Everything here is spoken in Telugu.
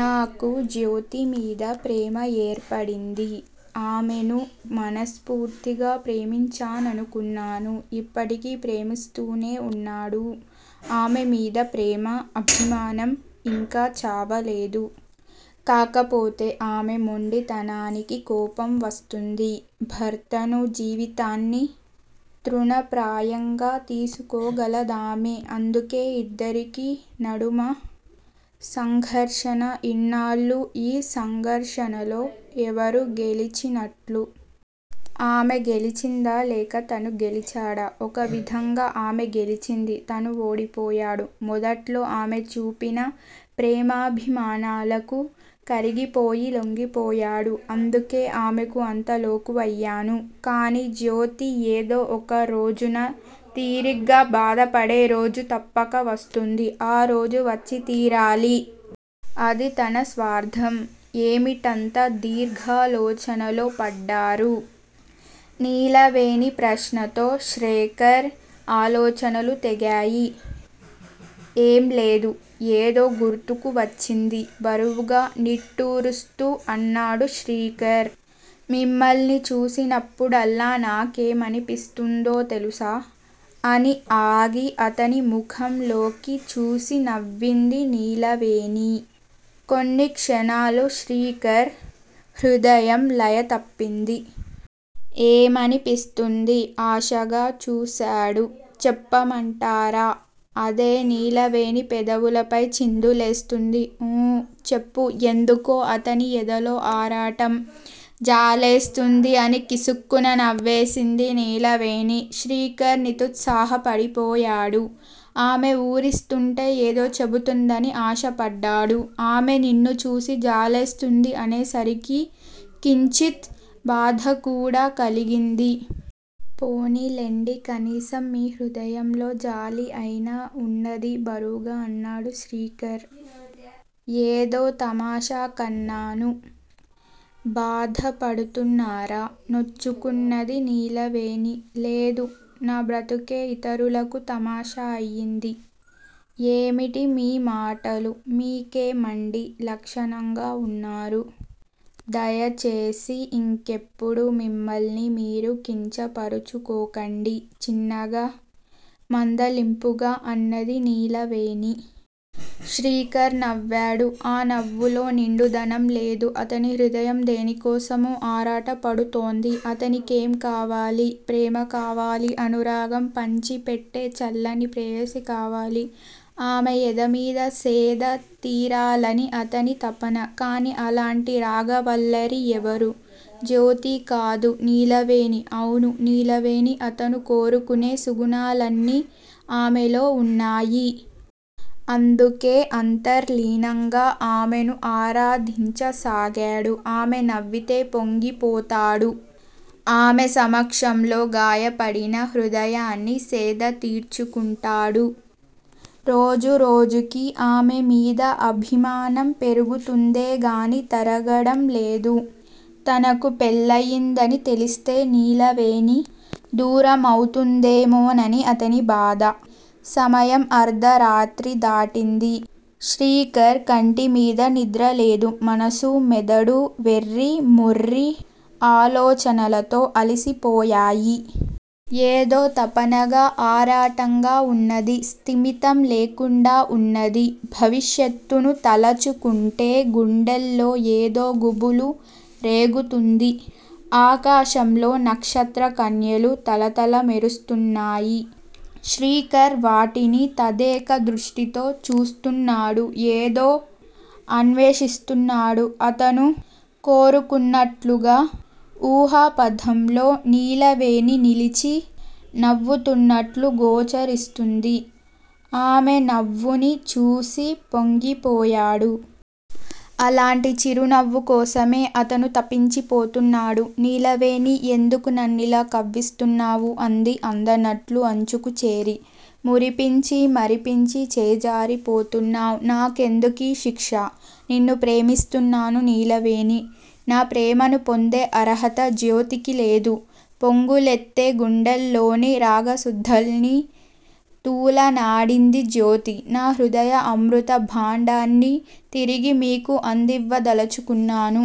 నాకు జ్యోతిమీద ప్రేమ ఏర్పడింది. ఆమెను మనస్పూర్తిగా ప్రేమించాననుకున్నాను. ఇప్పటికీ ప్రేమిస్తూనే వున్నాడు. ఆమె మీద ప్రేమ. అభిమానం యింకా చావలేదు. కాకపోతే ఆమె మొండితనానికి కోపం వస్తుంది. భర్తను, జీవితాన్ని తృణప్రాయంగా తీసుకోగలదామె. అందుకే ఇద్దరికీ నడుమ సంఘర్షణ! ఇన్నాళ్ళు ఈ సంఘర్షణలో ఎవరు గెలిచినట్లు? ఆమె గెలిచిందా, లేక తను గెలిచాడా? ఒక విధంగా ఆమే గెలిచింది. తను ఓడిపోయాడు. మొదట్లో ఆమె చూపిన ప్రేమాభిమానాలకు కరిగిపోయి లొంగిపోయాడు. అందుకే ఆమెకు అంత లోకువయ్యాను. కానీ, జ్యోతి ఏదో ఒక రోజున తీరిగ్గా బాధపడేరోజు తప్పక వస్తుంది. ఆ రోజు వచ్చి తీరాలి. అది తన స్వార్ధం? ఏమిటంత దీర్ఘాలోచనలో పడ్డారు? నీలవేణి ప్రశ్నతో శ్రేకర్ ఆలోచనలు తెగాయి. ఏం లేదు ఏదో గుర్తుకు వచ్చింది బరువుగా నిట్టూరుస్తూ అన్నాడు శ్రీకర్. మిమ్మల్ని చూసినప్పుడల్లా నాకేమనిపిస్తుందో తెలుసా? అని ఆగి అతని ముఖంలోకి చూసి నవ్వింది నీలవేణి. కొన్ని క్షణాలు శ్రీకర్ హృదయం లయ తప్పింది. ఏమనిపిస్తుంది? ఆశగా చూసాడు. చెప్పమంటారా? అదే నీలవేణి పెదవులపై చిందులేస్తుంది. ఊ చెప్పు యెందుకో అతని యెదలో ఆరాటం! జాలేస్తుంది__ అని కిసుక్కున నవ్వేసింది నీలవేణి. శ్రీకర్ నితుత్సాహపడిపోయాడు. ఆమె ఊరిస్తుంటే ఏదో చెబుతుందని ఆశపడ్డాడు. ఆమె నిన్ను చూసి జాలేస్తుంది. అనేసరికి కించిత్ బాధకూడా కలిగింది. పోనీలెండి కనీసం మీ హృదయంలో జాలి అయినా వున్నది బరువుగా అన్నాడు శ్రీకర్. ఏదో తమాషాకన్నాను. బాధపడుతున్నారా? నొచ్చుకున్నది నీలవేణి. లేదు. నా బ్రతుకే ఇతరులకు తమాషా అయింది. ఏమిటి మీ మాటలు-మీకేమండి లక్షణంగా వున్నారు. దయచేసి ఇంకెప్పుడూ మిమ్మల్ని మీరు కించపరుచుకోకండి- చిన్నగా మందలింపుగా అన్నది నీలవేణి. శ్రీకర్ నవ్వాడు. ఆ నవ్వులో నిండుదనంలేదు. అతని హృదయం దేనికోసమో ఆరాటపడుతోంది. అతనికేం కావాలి? ప్రేమ కావాలి! అనురాగం పంచిపెట్టే చల్లని ప్రేయసి కావాలి. ఆమె ఎదమీద సేద తీరాలని అతని తపన! కానీ! అలాంటి రాగవల్లరి ఎవరు? జ్యోతి కాదు నీలవేణి! అవును నీలవేణి అతను కోరుకునే సుగుణాలన్నీ ఆమెలో వున్నాయి. అందుకే అంతర్లీనంగా ఆమెను ఆరాధించసాగాడు. ఆమె నవ్వితే పొంగిపోతాడు. ఆమె సమక్షంలో గాయపడిన హృదయాన్ని సేద తీర్చుకుంటాడు. రోజు రోజుకీ ఆమెమీద అభిమానం పెరుగుతుందేగానీ తరగడంలేదు. తనకు పెళ్ళయిందని తెలిస్తే నీలవేణి దూరమవుతుందేమోనని అతని బాధ. సమయం అర్దరాత్రి దాటింది. శ్రీకర్ కంటిమీద నిద్రలేదు. మనస్సు మెదడు వెర్రి మొర్రి ఆలోచనలతో అలసిపోయాయి. ఏదో తపనగా, ఆరాటంగా వున్నది. స్థిమితం లేకుండా వున్నది. భవిష్యత్తును తలచుకుంటే గుండెల్లో ఏదో గుబులు రేగుతుంది. ఆకాశంలో నక్షత్ర కన్యలు తళతళా మెరుస్తున్నాయి. శ్రీకర్ వాటిని తదేక దృష్టితో చూస్తున్నాడు ఏదో అన్వేషిస్తున్నాడు. అతను కోరుకున్నట్లుగా ఊహాపధంలో నీలవేణి నిలిచి నవ్వుతున్నట్లు గోచరిస్తుంది. ఆమె నవ్వుని చూసి పొంగిపోయాడు. అలాంటి చిరునవ్వు కోసమే అతను తపించిపోతున్నాడు. నీలవేణీ! ఎందుకు నన్నిలా కవ్విస్తున్నావు? అందీ అందనట్లు అంచుకుచేరి మురిపించి, మరిపించి చేజారిపోతున్నావ్! నా కెందుకీ శిక్ష? నిన్ను ప్రేమిస్తున్నాను నీలవేణీ! నా ప్రేమను పొందే అర్హత జ్యోతికి లేదు. పొంగులెత్తే గుండెల్లోని రాగసుధల్ని తూలనాడింది జ్యోతి! నా హృదయ అమృత భాండాన్ని తిరిగి మీకు అందివ్వదలచుకున్నాను.